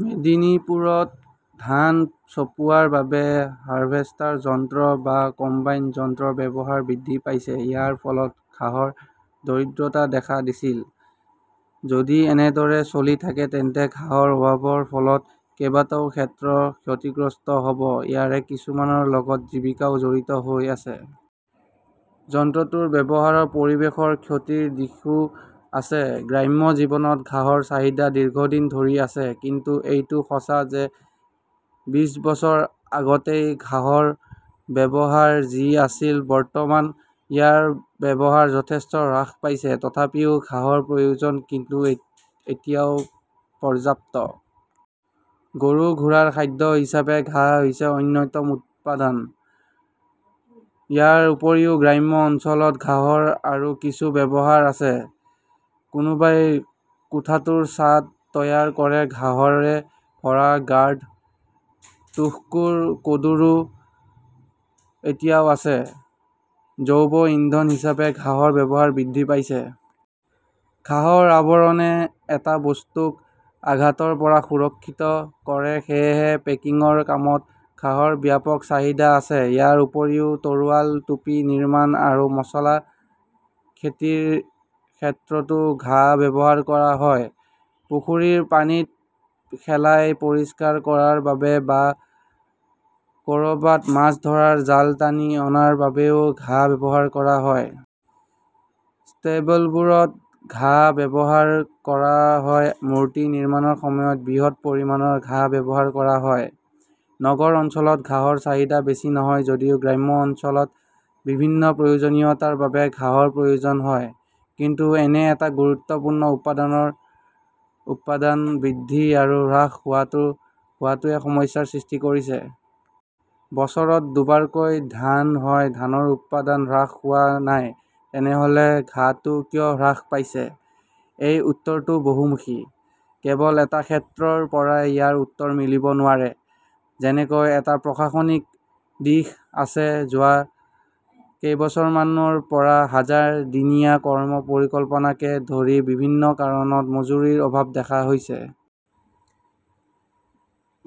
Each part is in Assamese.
মেদিনীপুৰত ধান চপোৱাৰ বাবে হাৰভেষ্টাৰ যন্ত্ৰ বা কম্বাইন যন্ত্ৰৰ ব্যৱহাৰ বৃদ্ধি পাইছে। ইয়াৰ ফলত ঘাঁহৰ দৰিদ্ৰতা দেখা দিছিল। যদি এনেদৰে চলি থাকে তেন্তে ঘাঁহৰ অভাৱৰ ফলত কেইবাটাও ক্ষেত্ৰ ক্ষতিগ্ৰস্ত হ'ব। ইয়াৰে কিছুমানৰ লগত জীৱিকাও জড়িত হৈ আছে। যন্ত্ৰটোৰ ব্যৱহাৰৰ পৰিৱেশৰ ক্ষতিৰ দিশও আছে। গ্ৰাম্য জীৱনত ঘাঁহৰ চাহিদা দীৰ্ঘদিন ধৰি আছে। কিন্তু এইটোও সঁচা যে বিশ বছৰ আগতে ঘাঁহৰ ব্যৱহাৰ যি আছিল, বৰ্তমান ইয়াৰ ব্যৱহাৰ যথেষ্ট হ্ৰাস পাইছে। তথাপিও ঘাঁহৰ প্ৰয়োজন কিন্তু এতিয়াও পৰ্যাপ্ত। গৰু-ঘোঁৰাৰ খাদ্য হিচাপে ঘাঁহ হৈছে অন্যতম উপাদান। ইয়াৰ উপৰিও গ্ৰাম্য অঞ্চলত ঘাঁহৰ আৰু কিছু ব্যৱহাৰ আছে। কোনোবাই কোঠাটোৰ ছাদ তৈয়াৰ কৰে। ঘাঁহৰে ভৰা গাৰ্ড, তোশকৰ কডৰো এতিয়াও আছে। জৈৱ ইন্ধন হিচাপে ঘাঁহৰ ব্যৱহাৰ বৃদ্ধি পাইছে। ঘাঁহৰ আৱৰণে এটা বস্তুক আঘাতৰ পৰা সুৰক্ষিত কৰে। সেয়েহে পেকিংৰ কামত ঘাঁহৰ ব্যাপক চাহিদা আছে। ইয়াৰ উপৰিও, তৰোৱাল, টুপী নিৰ্মাণ আৰু মচলা খেতিৰ ক্ষেত্ৰতো ঘাহ ব্যৱহাৰ কৰা হয়। পুখুৰীৰ পানীত শেলাই পৰিষ্কাৰ কৰাৰ বাবে বা কৰবাত মাছ ধৰাৰ জাল টানি অনাৰ বাবেও ঘাঁহ ব্যৱহাৰ কৰা হয়। ষ্টেবলবোৰত ঘাঁহ ব্যৱহাৰ কৰা হয়। মূৰ্তি নিৰ্মাণৰ সময়ত বৃহৎ পৰিমাণৰ ঘাঁহ ব্যৱহাৰ কৰা হয়। নগৰ অঞ্চলত ঘাঁহৰ চাহিদা বেছি নহয় যদিও গ্ৰাম্য অঞ্চলত বিভিন্ন প্ৰয়োজনীয়তাৰ বাবে ঘাঁহৰ প্ৰয়োজন হয়। কিন্তু এনে এটা গুৰুত্বপূৰ্ণ উপাদানৰ উৎপাদন বৃদ্ধি আৰু হ্ৰাস হোৱাটোৱে সমস্যাৰ সৃষ্টি কৰিছে। বছৰত দুবাৰকৈ ধান হয়। ধানৰ উৎপাদন হ্ৰাস হোৱা নাই। তেনেহ'লে ঘাঁহটো কিয় হ্ৰাস পাইছে? এই উত্তৰটো বহুমুখী। কেৱল এটা ক্ষেত্ৰৰ পৰাই ইয়াৰ উত্তৰ মিলিব নোৱাৰে। যেনেকৈ এটা প্ৰশাসনিক দিশ আছে। যোৱা কেইবছৰমানৰ পৰা হাজাৰ দিনীয়া কৰ্ম পৰিকল্পনাকে ধৰি বিভিন্ন কাৰণত মজুৰিৰ অভাব দেখা গৈছে।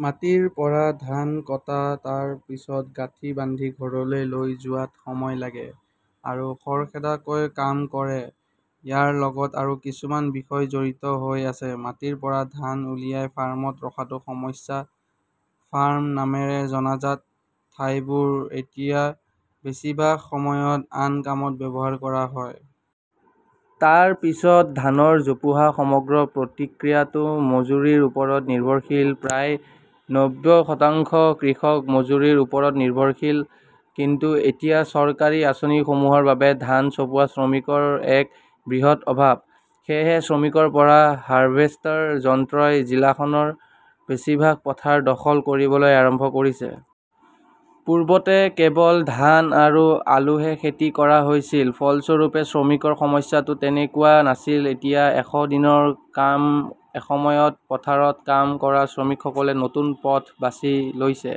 মাটিৰ পৰা ধান কটা, তাৰ পিছত গাঁঠি বান্ধি ঘৰলৈ লৈ যোৱাত সময় লাগে আৰু খৰখেদাকৈ কাম কৰে। ইয়াৰ লগত আৰু কিছুমান বিষয় জড়িত হৈ আছে। মাটিৰ পৰা ধান উলিয়াই ফাৰ্মত ৰখাটো সমস্যা। ফাৰ্ম নামেৰে জনাজাত ঠাইবোৰ এতিয়া বেছিভাগ সময়ত আন কামত ব্যৱহাৰ কৰা হয়। তাৰ পিছত ধানৰ জোপোহা। সমগ্ৰ প্ৰক্ৰিয়াটো মজুৰিৰ ওপৰত নিৰ্ভৰশীল। প্ৰায় নব্বৈ শতাংশ কৃষক মজুৰিৰ ওপৰত নিৰ্ভৰশীল। কিন্তু এতিয়া চৰকাৰী আঁচনিসমূহৰ বাবে ধান চপোৱা শ্ৰমিকৰ এক বৃহৎ অভাৱ! সেয়েহে শ্ৰমিকৰ পৰা হাৰভেষ্টাৰ যন্ত্ৰই জিলাখনৰ বেছিভাগ পথাৰ দখল কৰিবলৈ আৰম্ভ কৰিছে। পূৰ্বতে কেৱল ধান আৰু আলুহে খেতি কৰা হৈছিল। ফলস্বৰূপে, শ্ৰমিকৰ সমস্যাটো তেনেকুৱা নাছিল। এতিয়া এশ দিনৰ কাম। এসময়ত পথাৰত কাম কৰা শ্ৰমিকসকলে নতুন পথ বাছি লৈছে।